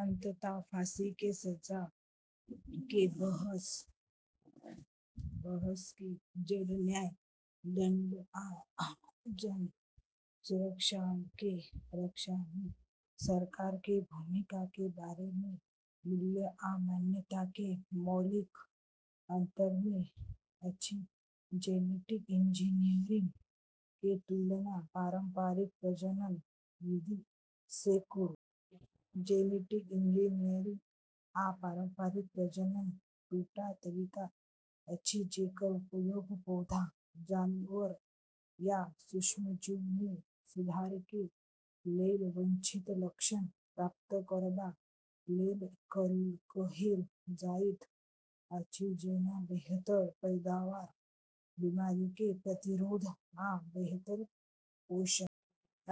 अंततः फांसी के सजा के बहस के जड़ न्याय, दंड, आ जन सुरक्षा के रक्षा मे सरकार के भूमिका के बारे मे मूल्य आ मान्यता के मौलिक अंतर मे अछि। जेनेटिक इंजीनियरिंग के तुलना पारंपरिक प्रजनन विधि सँ करू। जेनेटिक इंजीनियरिंग आ पारंपरिक प्रजनन दू टा तरीका अछि जेकर उपयोग पौधा, जानवर या सूक्ष्मजीव मे सुधार के लेल वांछित लक्षण प्राप्त करबा लेल कएल जाइत अछि, जेना बेहतर पैदावार, बीमारी के प्रतिरोध, आ बेहतर पोषण।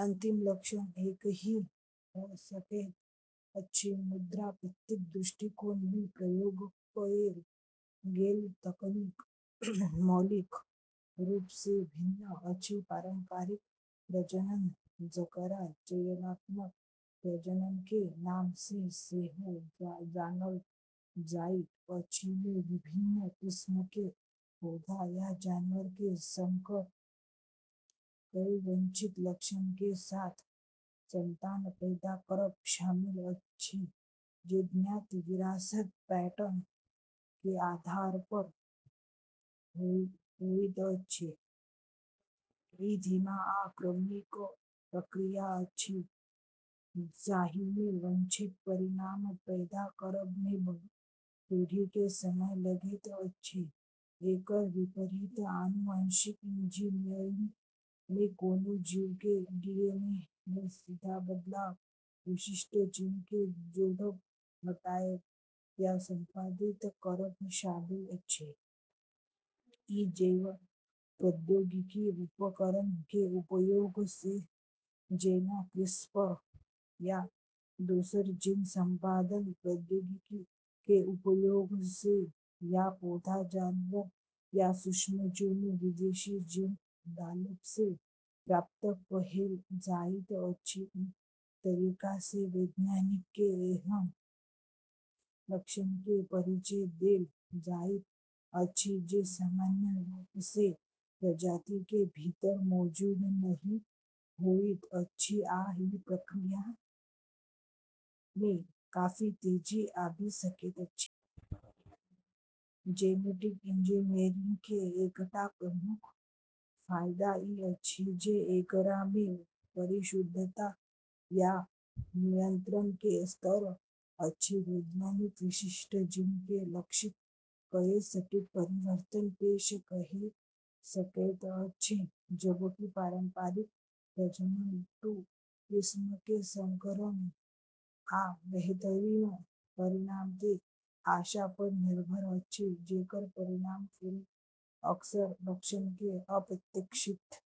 अंतिम लक्ष्य एकहि भ सकैत अछि, मुदा प्रत्येक दृष्टिकोण मे प्रयोग कएल गेल तकनीक मौलिक रूप सँ भिन्न अछि। पारंपरिक प्रजनन, जकरा चयनात्मक प्रजनन के नाम सँ सेहो जानल जाइत अछि, मे विभिन्न किस्म के पौधा या जानवर के संकर कए वांछित लक्षण के साथ संतान पैदा करब शामिल अछि, जे ज्ञात विरासत पैटर्न के आधार पर होइत अछि। ई धीमा आ क्रमिक प्रक्रिया अछि, जाहि मे वांछित परिणाम पैदा करब मे बहुत पीढ़ी के समय लगैत अछि। एकर विपरीत, आनुवंशिक इंजीनियरिंग मे कोनो जीव के डीएनए मे सीधा बदलाव, विशिष्ट जीन के जोड़ब, हटाएब या संपादित करब शामिल अछि। ई जैव प्रौद्योगिकी उपकरण के उपयोग सँ, जेना क्रिस्पर या दोसर जीन-संपादन प्रौद्योगिकी के उपयोग सँ, या पौधा, जानवर या सूक्ष्मजीव मे विदेशी जीन डालब सँ प्राप्त कएल जाइत अछि। ई तरीका सँ वैज्ञानिक के एहन लक्षण के परिचय देल जाइत अछि जे सामान्य रूप सँ प्रजाति के भीतर मौजूद नहि होइत अछि आ ई प्रक्रिया मे काफी तेजी आबि सकैत अछि। जेनेटिक इंजीनियरिंग के एकटा प्रमुख फायदा ई अछि जे एकरा मे परिशुद्धता आ नियंत्रण के स्तर अछि। वैज्ञानिक विशिष्ट जीन के लक्षित कए सटीक परिवर्तन पेश कए सकैत अछि, जबकि पारंपरिक प्रजनन दू किस्म के संकरन आ बेहतरीन परिणाम के आशा पर निर्भर अछि, जेकर परिणामस्वरूप अक्सर लक्षण के अप्रत्याशित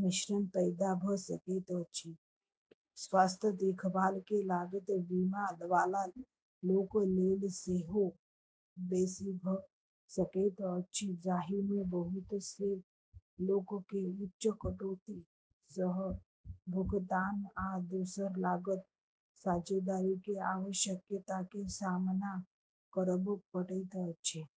मिश्रण पैदा भ सकैत अछि। स्वास्थ्य देखभाल के लागत, बीमा वाला लोक लेल सेहो, बेसी भ सकैत अछि, जाहि मे बहुत सँ लोक के उच्च कटौती, सह-भुगतान, आ दोसर लागत-साझेदारी के आवश्यकता के सामना करब पड़ैत अछि।